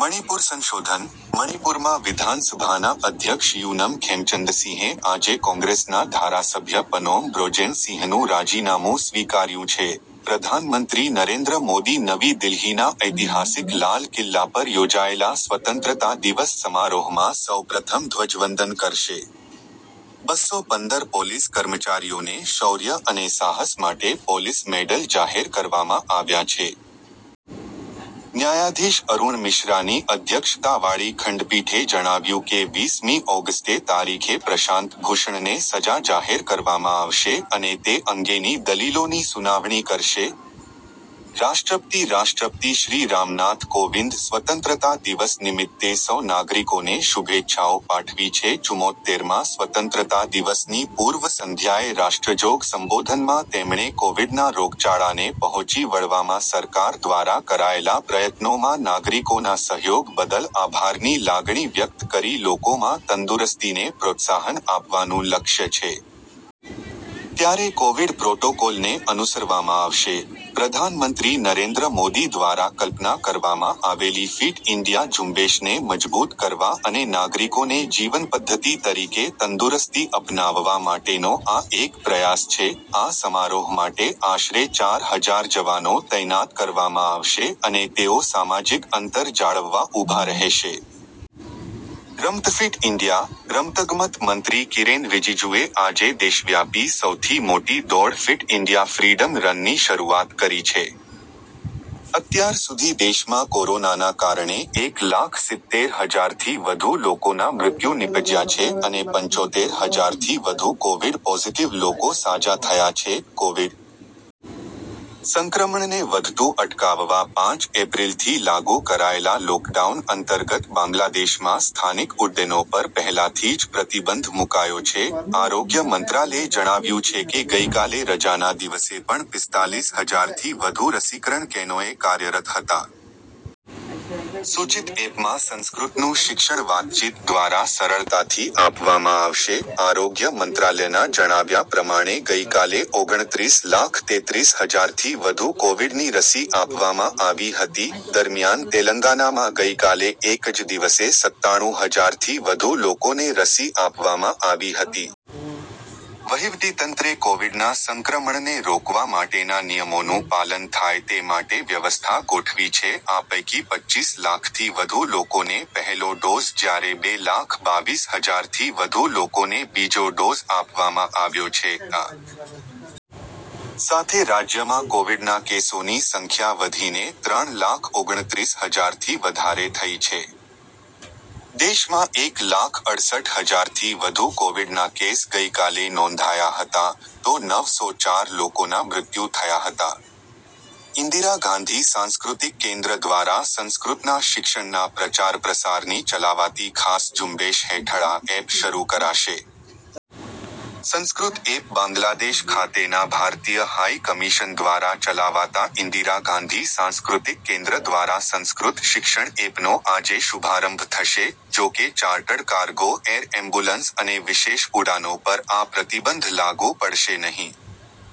મણિપુરસંશોધન, મણિપુરમાં વિધાનસભાના અધ્યક્ષ યૂનમ ખેમચંદસિંહે આજે કોંગ્રેસના ધારાસભ્ય પનોમ બ્રોજેન સિંહનું રાજીનામું સ્વીકાર્યું છે .પ્રધાનમંત્રી નરેન્દ્ર મોદી નવી દિલ્હીના ઐતિહાસિક લાલ કિલ્લા પર યોજાયેલા સ્વતંત્રતા દિવસ સમારોહમાં સૌ પ્રથમ ધ્વજવંદન કરશે. બસ્સો પંદર પોલીસ કર્મચારીઓને શૌર્ય અને સાહસ માટે પોલીસ મેડલ જાહેર કરવામાં આવ્યા છે. ન્યાયાધીશ અરૂણ મિશ્રાની અધ્યક્ષતાવાળી ખંડપીઠે જણાવ્યું કે વીસ મી ઓગસ્ટે તારીખે પ્રશાંત ભૂષણને સજા જાહેર કરવામાં આવશે અને તે અંગેની દલીલોની સુનાવણી કરશે .રાષ્ટ્રપતિ રાષ્ટ્રપતિ શ્રી રામનાથ કોવિન્દ સ્વતંત્રતા દિવસ નિમિત્તે સૌ નાગરિકોને શુભેચ્છાઓ પાઠવી છે ચુમોત્તેરમાં સ્વતંત્રતા દિવસની પૂર્વ સંધ્યાએ રાષ્ટ્રજોગ સંબોધનમાં તેમણે કોવિડના રોગચાળાને પહોચી વળવામાં સરકાર દ્વારા કરાયેલા પ્રયત્નોમાં નાગરિકોના સહયોગ બદલ આભારની લાગણી વ્યક્ત કરી લોકોમાં તંદુરસ્તીને પ્રોત્સાહન આપવાનું લક્ષ્ય છે. ત્યારે કોવિડ પ્રોટોકોલને અનુસરવામાં આવશે, પ્રધાનમંત્રી નરેન્દ્ર મોદી દ્વારા કલ્પના કરવામાં આવેલી ફીટ ઈન્ડિયા ઝુંબેશને મજબૂત કરવા અને નાગરિકોને જીવનપદ્ધતિ તરીકે તંદુરસ્તી અપનાવવા માટેનો આ એક પ્રયાસ છે .આ સમારોહ માટે આશરે ચાર હજાર જવાનો તૈનાત કરવામાં આવશે અને તેઓ સામાજિક અંતર જાળવવા ઊભા રહેશે. રમતફીટ ઈન્ડિયા, રમતગમત મંત્રી કિરેન રિજિજુએ આજે દેશવ્યાપી સૌથી મોટી દોડ ફિટ ઇન્ડિયા ફ્રીડમ રનની શરૂઆત કરી છે. અત્યાર સુધી દેશમાં કોરોનાના કારણે એક લાખ સિત્તેર હજારથી વધુ લોકોના મૃત્યુ નિપજ્યા છે અને પંચોતેર હજારથી વધુ કોવિડ પોઝિટિવ લોકો સાજા થયા છે .કોવિડ સંક્રમણને વધતુ અટકાવવા પાંચ એપ્રિલથી લાગુ કરાયેલા લોકડાઉન અંતર્ગત બાંગ્લાદેશમાં સ્થાનિક ઉડ્ડયનો પર પહેલાથી જ પ્રતિબંધ મુકાયો છે .આરોગ્ય મંત્રાલયે જણાવ્યું છે કે ગઈકાલે રજાના દિવસે પણ પિસ્તાલીસ હજારથી વધુ રસીકરણ કેનોયે કાર્યરત હતા. સૂચિત એપમાં સંસ્કૃતનું શિક્ષણ વાતચીત દ્વારા સરળતાથી આપવામાં આવશે. આરોગ્ય મંત્રાલયના જણાવ્યા પ્રમાણે ગઈકાલે ઓગણત્રીસ લાખ તેત્રીસ હજારથી વધુ કોવિડની રસી આપવામાં આવી હતી .દરમિયાન તેલંગાનામાં ગઈકાલે એક જ દિવસે સત્તાણું હજારથી વધુ લોકોને રસી આપવામાં આવી હતી. વહિવટીતંત્રે કોવિડના સંક્રમણને રોકવા માટેના નિયમોનું પાલન થાય તે માટે વ્યવસ્થા ગોઠવી છે આ પૈકી પચ્ચીસ લાખથી વધુ લોકોને પહેલો ડોઝ જ્યારે બે લાખ બાવીસ હજારથી વધુ લોકોને બીજો ડોઝ આપવામાં આવ્યો છે .આ સાથે રાજ્યમાં કોવિડના કેસોની સંખ્યા વધીને ત્રણ લાખ ઓગણત્રીસ હજારથી વધારે થઈ છે. દેશમાં એક લાખ અડસઠ હજારથી વધુ કોવિડનાં કેસ ગઈકાલે નોંધાયા હતા, તો નવ સો ચાર લોકોનાં મૃત્યુ થયાં હતાં. ઈન્દિરા ગાંધી સાંસ્કૃતિક કેન્દ્ર દ્વારા સંસ્કૃતના શિક્ષણના પ્રચારપ્રસારની ચલાવાતી ખાસ ઝુંબેશ હેઠળ આ એપ શરૂ કરાશે. સંસ્કૃત એપ બાંગ્લાદેશ ખાતેના ભારતીય હાઈ કમીશન દ્વારા ચલાવાતા ઈન્દિરા ગાંધી સાંસકૃતિક કેન્દ્ર દ્વારા સંસ્કૃત શિક્ષણ એપનો આજે શુભારંભ થશે .જોકે ચાર્ટડ કાર્ગો એર એમ્બુલન્સ અને વિશેષ ઉડાનો પર આ પ્રતિબંધ લાગુ પડશે નહીં.